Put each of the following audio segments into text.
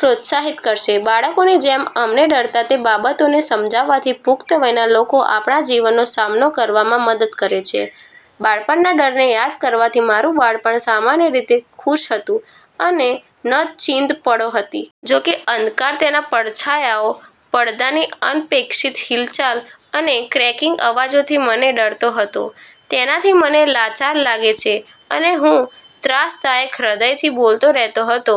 પ્રોત્સાહિત કરશે. બાળકોની જેમ અમને ડરતા તે બાબતોને સમજવાથી પુખ્ત વયના લોકો આપણા જીવનનો સામનો કરવામાં મદદ કરે છે. બાળપણના ડરને યાદ કરવાથી મારું બાળપણ સામાન્ય રીતે ખુશ હતું અને નચિંત પળો હતી. જો કે, અંધકાર તેના પડછાયાઓ, પડધાની અનપેક્ષિત હિલચાલ અને ક્રેકીંગ અવાજોથી મને ડરતો હતો. તેનાથી મને લાચાર લાગે છે અને હું ત્રાસદાયક હૃદયથી બોલતો રહેતો હતો.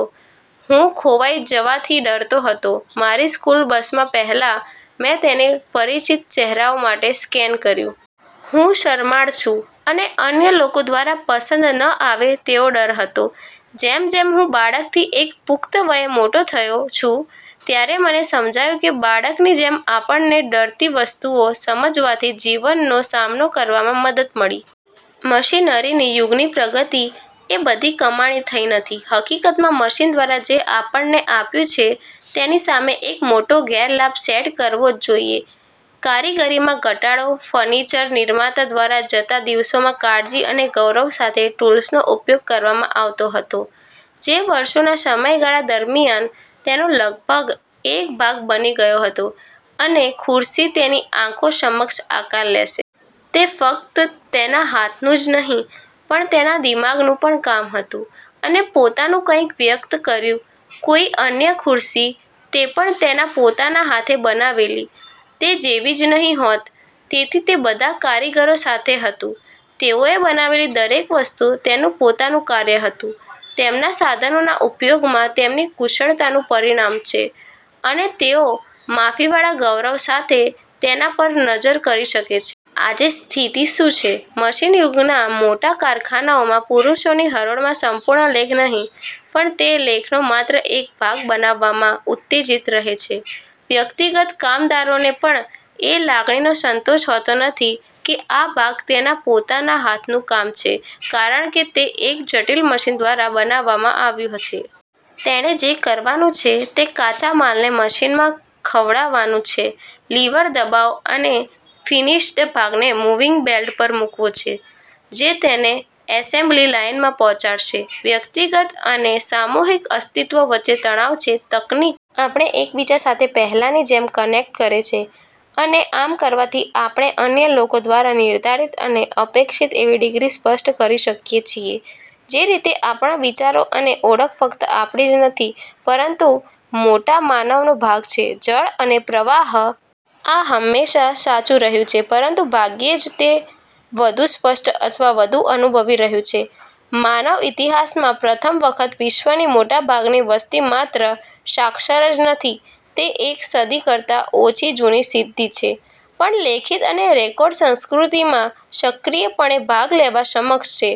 હું ખોવાઈ જવાથી ડરતો હતો. મારી સ્કૂલ બસમાં પહેલા, મેં તેને પરિચિત ચહેરાઓ માટે સ્કેન કર્યું. હું શરમાળ છું અને અન્ય લોકો દ્વારા પસંદ ન આવે તેવો ડર હતો. જેમ જેમ હું બાળકથી એક પુખ્ત વયે મોટો થયો છું, ત્યારે મને સમજાયું કે બાળકની જેમ આપણને ડરતી વસ્તુઓ સમજવાથી જીવનનો સામનો કરવામાં મદદ મળી. મશીનરીની યુગની પ્રગતિ એ બધી કમાણી થઈ નથી, હકીકતમાં મશીન દ્વારા જે આપણને આપ્યું છે તેની સામે એક મોટો ગેરલાભ સેટ કરવો જ જોઇએ કારીગરીમાં ઘટાડો. ફર્નિચર- નિર્માતા દ્વારા જતા દિવસોમાં કાળજી અને ગૌરવ સાથે ટૂલ્સનો ઉપયોગ કરવામાં આવતો હતો, જે વર્ષોના સમયગાળા દરમિયાન, તેનો લગભગ એક ભાગ બની ગયો હતો, અને ખુરશી તેની આંખો સમક્ષ આકાર લેશે. તે ફક્ત તેના હાથનું જ નહીં પણ તેના દિમાગનું પણ કામ હતું, અને પોતાનું કંઈક વ્યક્ત કર્યું; કોઈ અન્ય ખુરશી, તે પણ તેના પોતાના હાથે બનાવેલી, તે જેવી જ નહીં હોત. તેથી તે બધા કારીગરો સાથે હતું; તેઓએ બનાવેલી દરેક વસ્તુ તેનું પોતાનું કાર્ય હતું, તેમના સાધનોના ઉપયોગમાં તેમની કુશળતાનું પરિણામ છે અને તેઓ માફીવાળા ગૌરવ સાથે તેના પર નજર કરી શકે છે. આજે સ્થિતિ શું છે? મશીન યુગના મોટા કારખાનાઓમાં, પુરુષોની હરોળમાં સંપૂર્ણ લેખ નહીં, પણ તે લેખનો માત્ર એક ભાગ બનાવવામાં ઉત્તેજીત રહે છે. વ્યક્તિગત કામદારને પણ એ લાગણીનો સંતોષ હોતો નથી કે આ ભાગ તેના પોતાના હાથનું કામ છે, કારણ કે તે એક જટિલ મશીન દ્વારા બનાવવામાં આવ્યું છે. તેણે જે કરવાનું છે તે કાચા માલને મશીનમાં ખવડાવવાનું છે, લિવર દબાવો અને ફિનિશ્ડ ભાગને મૂવિંગ બેલ્ટ પર મૂકવો છે, જે તેને એસેમ્બલી લાઇનમાં પહોંચાડશે. વ્યક્તિગત અને સામૂહિક અસ્તિત્વ વચ્ચે તણાવ છે. તકનીકી આપણને એકબીજા સાથે પહેલાંની જેમ કનેક્ટ કરે છે, અને આમ કરવાથી આપણે અન્ય લોકો દ્વારા નિર્ધારિત અને અપેક્ષિત એવી ડિગ્રી સ્પષ્ટ કરી શકીએ છીએ: જે રીતે આપણા વિચારો અને ઓળખ ફક્ત આપણી જ નથી, પરંતુ મોટા માનવનો ભાગ છે જડ અને પ્રવાહ. આ હંમેશાં સાચું રહ્યું છે પરંતુ ભાગ્યે જ તે વધુ સ્પષ્ટ અથવા વધુ અનુભવી રહ્યું છે. માનવ ઇતિહાસમાં પ્રથમ વખત, વિશ્વની મોટાભાગની વસ્તી માત્ર સાક્ષર જ નથી તે એક સદી કરતાં ઓછી જૂની સિદ્ધિ છે પણ લેખિત અને રેકોર્ડ સંસ્કૃતિમાં સક્રિયપણે ભાગ લેવા સક્ષમ છે,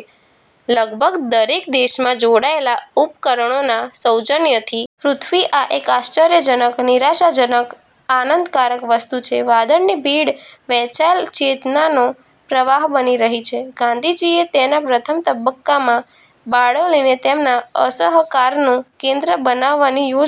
લગભગ દરેક દેશમાં જોડાયેલા ઉપકરણોના સૌજન્યથી. પૃથ્વી. આ એક આશ્ચર્યજનક, નિરાશાજનક, આનંદકારક વસ્તુ છે: વાદળની ભીડ, વહેંચાયેલ ચેતનાનો પ્રવાહ બની રહી છે. ગાંધીજીએ તેના પ્રથમ તબક્કામાં બારડોલીને તેમના અસહકારનું કેન્દ્ર બનાવવાની યોજના।